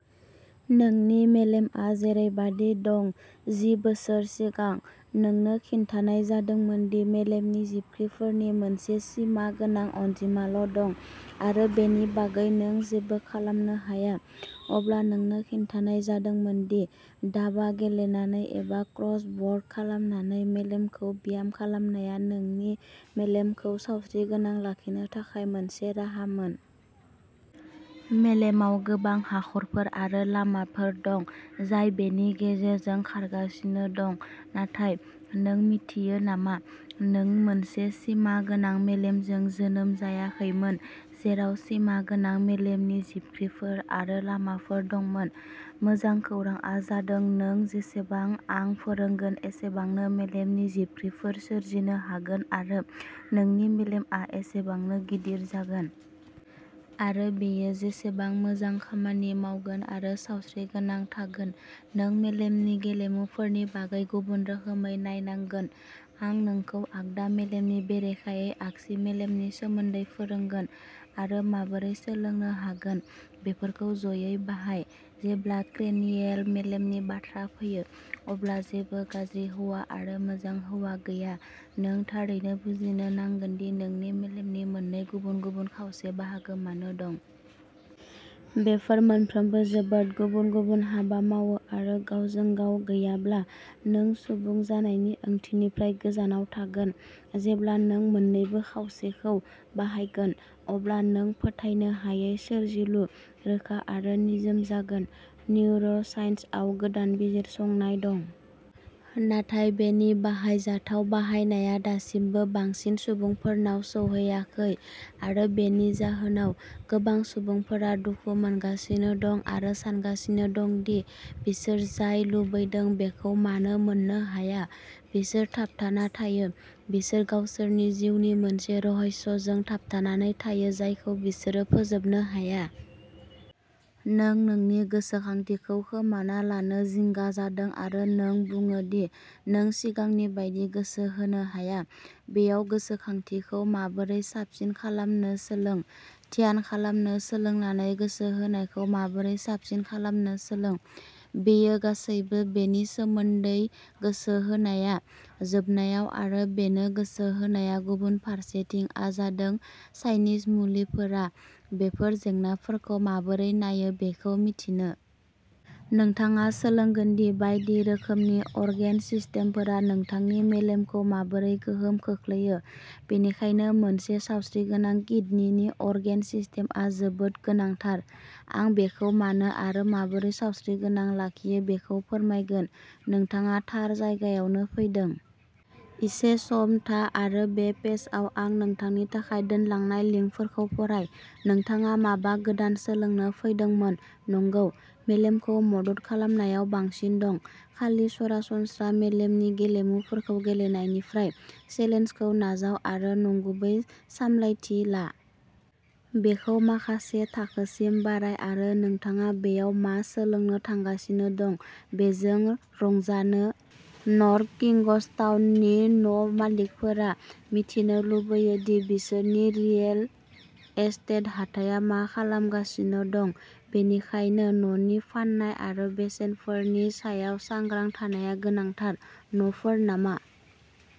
नोंनि मेलेमआ जेरैबादि दं जि बोसोर सिगां, नोंनो खिन्थानाय जादोंमोन दि मेलेमनि जिबख्रिफोरनि मोनसे सिमा गोनां अनजिमाल' दं आरो बेनि बागै नों जेबो खालामनो हाया। अब्ला नोंनो खिन्थानाय जादोंमोन दि दाबा गेलेनानै एबा क्रस वर्ड खालामनानै मेलेमखौ ब्याम खालामनाया नोंनि मेलेमखौ सावस्रिगोनां लाखिनो थाखाय मोनसे राहामोन। मेलेमाव गोबां हाखरफोर आरो लामाफोर दं जाय बेनि गेजेरजों खारगासिनो दं। नाथाय, नों मिन्थियो नामा? नों मोनसे सिमा गोनां मेलेमजों जोनोम जायाखैमोन जेराव सिमा गोनां मेलेमनि जिबख्रिफोर आरो लामाफोर दंमोन। मोजां खौरांआ जादों नों जेसेबां आं फोरोंगोन एसेबांनो मेलेमनि जिबख्रिफोर सोरजिनो हागोन आरो नोंनि मेलेमआ एसेबांनो गिदिर जागोन। आरो बेयो जेसेबां मोजां खामानि मावगोन आरो सावस्रिगोनां थागोन। नों मेलेमनि गेलेमुफोरनि बागै गुबुन रोखोमै नायनांगोन। आं नोंखौ आगदा मेलेमनि बेरेखायै आगसि मेलेमनि सोमोन्दै फोरोंगोन। आरो माबोरै सोलोंनो हागोन। बेफोरखौ जयै बाहाय। जेब्ला क्रेनियेल मेलेमनि बाथ्रा फैयो, अब्ला जेबो गाज्रि हौवा आरो मोजां हौवा गैया नों थारैनो बुजिनो नांगोन दि नोंनि मेलेमनि मोननै गुबुन-गुबुन खावसे बाहागो मानो दं। बेफोर मोनफ्रोमबो जोबोद गुबुन-गुबुन हाबा मावो आरो गावजों-गाव गैयाब्ला, नों सुबुं जानायनि ओंथिनिफ्राय गोजानाव थागोन। जेब्ला नों मोन्नैबो खावसेखौ बाहायगोन, अब्ला नों फोथायनो हायै सोरजिलु, रोखा आरो निजोम जागोन। निउर' साइन्सआव गोदान बिजिरसंनाय दं। नाथाय बेनि बाहायजाथाव बाहायनाया दासिमबो बांसिन सुबुंफोरनाव सौहैयाखै। आरो बेनि जाहोनाव, गोबां सुबुंफोरा दुखु मोनगासिनो दं आरो सानगासिनो दं दि बिसोर जाय लुबैदों बेखौ मानो मोननो हाया। बिसोर थाबथाना थायो। बिसोर गावसोरनि जिउनि मोनसे रहस्यजों थाबथानानै थायो जायखौ बिसोरो फोजोबनो हाया। नों नोंनि गोसोखांथिखौ खोमाना लानो जिंगा जादों आरो नों बुङो दि नों सिगांनि बायदि गोसो होनो हाया? बेयाव गोसोखांथिखौ माबोरै साबसिन खालामनो सोलों। ध्यान खालामनो सोलोंनानै गोसो होनायखौ माबोरै साबसिन खालामनो सोलों। बेयो गासैबो बेनि सोमोन्दै गोसो होनाया, जोबनायाव आरो बेनो गोसो होनाया गुबुन फारसेथिंआ जादों चाइनिज मुलिफोरा बेफोर जेंनाफोरखौ माबोरै नायो बेखौ मिथिनो। नोंथाङा सोलोंगोन दि बायदि रोखोमनि अर्गेन सिस्टेमफोरा नोंथांनि मेलेमखौ माबोरै गोहोम खोख्लैयो। बेनिखायनो मोनसे सावस्रिगोनां किडनि अर्गेन सिस्टेमआ जोबोद गोनांथार। आं बेखौ मानो आरो माबोरै सावस्रिगोनां लाखियो बेखौ फोरमायगोन। नोंथाङा थार जायगायावनो फैदों। एसे सम था आरो बे पेजआव आं नोंथांनि थाखाय दोनलांनाय लिंकफोरखौ फराय। नोंथाङा माबा गोदान सोलोंनो फैदोंमोन, नंगौ? मेलेमखौ मदद खालामनायाव बांसिन दं, खालि सरासनस्रा मेलेमनि गेलेमुफोरखौ गेलेनायनिफ्राय। चेलेन्जखौ नाजाव आरो नंगुबै सामलायथि ला। बेखौ माखासे थाखोसिम बाराय आरो नोंथाङा बेयाव मा सोलोंनो थांगासिनो दं बेजों रंजानो नर्थ किंग्सटाउननि न' मालिकफोरा मिथिनो लुगैयो दि बिसोरनि रियेल एस्टेट हाथाया मा खालामगासिनो दं, बेनिखायनो न'नि फान्नाय आरो बेसेनफोरनि सायाव सांग्रां थानाया गोनांथार। न'फोर नामा?